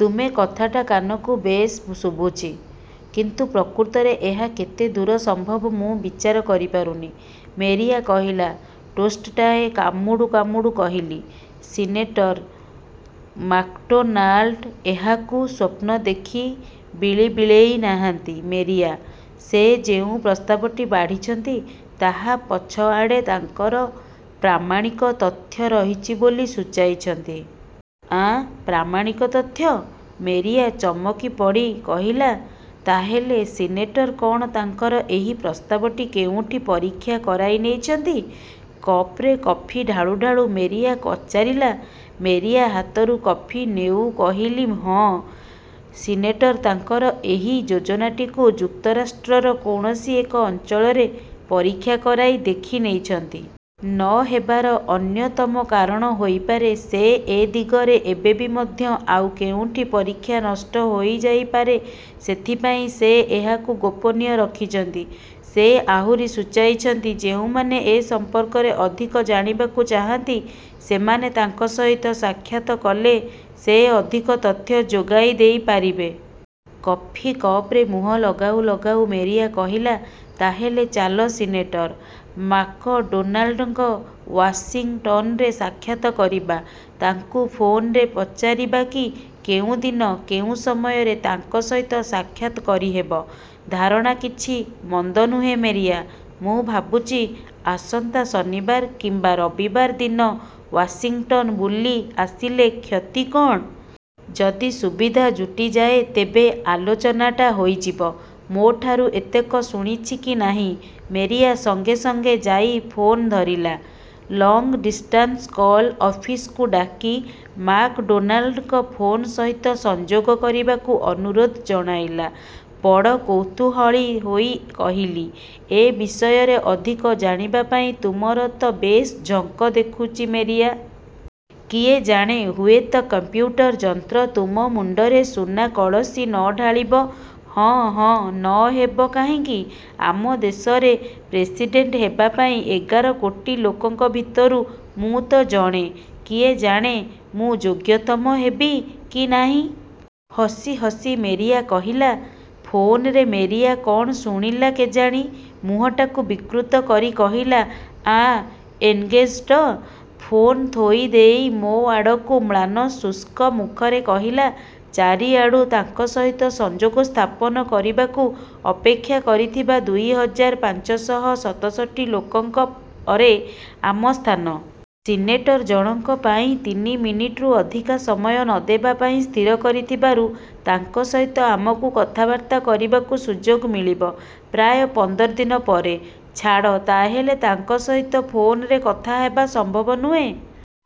ତୁମେ କଥାଟା କାନକୁ ବେଶ ଶୁଭୁଛି, କିନ୍ତୁ ପ୍ରକୃତରେ ଏହା କେତେ ଦୂର ସମ୍ଭବ ମୁଁ ବିଚାର କରିପାରୁନି ମେରିଆ କହିଲା ଟୋଷ୍ଟଟାଏ କାମୁଡ଼ୁ କାମୁଡ଼ୁ କହିଲି, ସିନେଟର ମାକ୍ଡୋନାଲ୍ଡ ଏହାକୁ ସ୍ୱପ୍ନ ଦେଖି ବିଳିବିଳେଇ ନାହାନ୍ତି ମେରିଆ, ସେ ଯେଉ ପ୍ରସ୍ତାବଟି ବାଢ଼ିଛନ୍ତି, ତାହା ପଛଆଡ଼େ ତାଙ୍କର ପ୍ରାମାଣିକ ତଥ୍ୟ ରହିଛି ବୋଲି ସୁଚାଇଛନ୍ତି? ଆଁ, ପ୍ରାମାଣିକ ତଥ୍ୟ? ମେରିଆ ଚମକି ପଡ଼ି କହିଲା ତାହେଲେ ସିନେଟର୍ କ'ଣ ତାଙ୍କର ଏହି ପ୍ରସ୍ତାବଟି କେଉଁଠି ପରୀକ୍ଷା କରାଇ ନେଇଛନ୍ତି? କପରେ କଫି ଢାଳୁ ଢାଳୁ ମେରିଆ ପଚାରିଲା। ମେରିଆ ହାତରୁ କଫି ନେଉ କହିଲି, ହଁ ସିନେଟର ତାଙ୍କର ଏହି ଯୋଜନାଟିକୁ ଯୁକ୍ତରାଷ୍ଟ୍ରର କୌଣସି ଏକ ଅଞ୍ଚଳରେ ପରୀକ୍ଷା କରାଇ ଦେଖି ନେଇଛନ୍ତି। ନ ହେବାର ଅନ୍ୟତମକାରଣ ହୋଇପାରେ, ସେ ଏ ଦିଗରେ ଏବେବି ମଧ୍ୟ ଆଉ କେଉଁଠି ପରୀକ୍ଷା ନଷ୍ଟ ହୋଇଯାଇପାରେ, ସେଥିପାଇଁ ସେ ଏହାକୁ ଗୋପନୀୟ ରଖିଛନ୍ତି। ସେ ଆହୁରି ସୂଚାଇଛନ୍ତି, ଯେଉଁମାନେ ଏ ସମ୍ପର୍କରେ ଅଧିକ ଜାଣିବାକୁ ଚାହାନ୍ତି, ସେମାନେ ତାଙ୍କ ସହିତ ସାକ୍ଷାତ କଲେ, ସେ ଅଧିକ ତଥ୍ୟ ଯୋଗାଇ ଦେଇପାରିବେ। କଫି କପରେ ମୁହଁ ଲଗାଉ ଲଗାଉ ମେରିଆ କହଲା ତାହେଲେ ଚାଲ ସିନେଟର ମାକଡୋନାଲ୍ଡଙ୍କ ୱାସିଙ୍ଗଟନରେ ସାକ୍ଷାତ କରିବା। ତାଙ୍କୁ ଫୋନରେ ପଚାରିବାକି କେଉଁ ଦିନ କେଉଁ ସମୟରେ ତାଙ୍କ ସହିତ ସାକ୍ଷାତ କରି ହେବ? ଧାରଣା କିଛି ମନ୍ଦ ନୁହେଁ ମେରିଆ। ମୁଁ ଭାବୁଛି ଆସନ୍ତା ଶନିବାର କିମ୍ବା ରବିବାର ଦିନ ୱାସିଙ୍ଗଟନ୍ ବୁଲି ଆସିଲେ କ୍ଷତି କଣ? ଯଦି ସୁବିଧା ଜୁଟିଯାଏ ତେବେ ଆଲୋଚନାଟା ହୋଇଯିବ। ମୋଠାରୁ ଏତକ ଶୁଣିଛି କି ନାହିଁ ମେରିଆ ସଙ୍ଗେ ସଙ୍ଗେ ଯାଇ ଫୋନ ଧରିଲା, ଲଙ୍ଗ ଡିଷ୍ଟାନସ୍ କଲ୍ ଅଫିସକୁ ଡାକି ମାକଡୋନାଲ୍ଡଙ୍କ ଫୋନ ସହିତ ସଂଯୋଗ କରିବାକୁ ଆନୁରୋଧ ଜଣାଇଲା। ବଡ଼ କୌତୂହଳୀ ହୋଇ କହିଲି, ଏ ବିଷୟରେ ଅଧିକ ଜାଣିବା ପାଇଁ ତୁମର ତ ବେଶ୍ ଝଙ୍କ ଦେଖୁଛି ମେରିଆ। କିଏ ଜାଣେ ହୁଏତ କଂପ୍ୟୁଟର ଯନ୍ତ୍ର ତୁମ ମୁଣ୍ଡରେ ସୁନା କଳସୀ ନ ଢାଳିବ ହଁ ହଁ ନ ହେବ କାହିଁକି? ଆମ ଦେଶରେ ପ୍ରେସିଡେଣ୍ଟ୍ ହେବା ପାଇଁ ଏଗାର କୋଟି ଲୋକଙ୍କ ଭିତରୁ ମୁଁ ତ ଜଣେ। କିଏ ଜାଣେ ମୁଁ ଯୋଗ୍ୟତମ ହେବି କି ନାହିଁ? ହସି ହସି ମେରିଆ କହିଲା। ଫୋନରେ ମେରିଆ କଣ ଶୁଣିଲା କେଜାଣି ମୁହଁଟାକୁ ବିକୃତ କରି କହିଲା, ଆଁ ଏନଗେଜଡ୍? ଫୋନ ଥୋଇ ଦେଇ ମୋ ଆଡ଼କୁ ମ୍ଳାନ ଶୁଷ୍କ ମୁଖରେ କହିଲା, ଚାରିଆଡ଼ୁ ତାଙ୍କ ସହିତ ସଂଯୋଗ ସ୍ଥାପନ କରିବାକୁ ଅପେକ୍ଷା କରିଥିବା ଦୁଇ ହଜାର, ପାଞ୍ଚଷହ ସତଷଠି ଲୋକଙ୍କ ପରେ ଆମ ସ୍ଥାନ। ସିନେଟର ଜଣଙ୍କ ପାଇଁ ତିନି ମିନିଟ୍ ରୁ ଅଧିକା ସମୟ ନ ଦେବା ପାଇଁ ସ୍ଥିର କରିଥିବାରୁ ତାଙ୍କ ସହିତ ଆମକୁ କଥାବାର୍ତ୍ତା କରିବାକୁ ସୁଯୋଗ ମିଳିବ ପ୍ରାୟ ପନ୍ଦର ଦିନ ପରେ। ଛାଡ଼ ତାହେଲେ ତାଙ୍କ ସହିତ ଫୋନରେ କଥା ହେବା ସମ୍ଭବ ନୁହେଁ।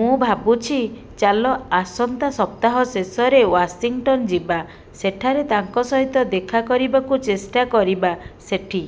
ମୁଁ ଭାବୁଛି ଚାଲ ଆସନ୍ତା ସପ୍ତାହ ଶେଷରେ ୱାସିଙ୍ଗଟନ୍ ଯିବା। ସେଠାରେ ତାଙ୍କ ସହିତ ଦେଖା କରିବାକୁ ଚେଷ୍ଟା କରିବା ସେଠି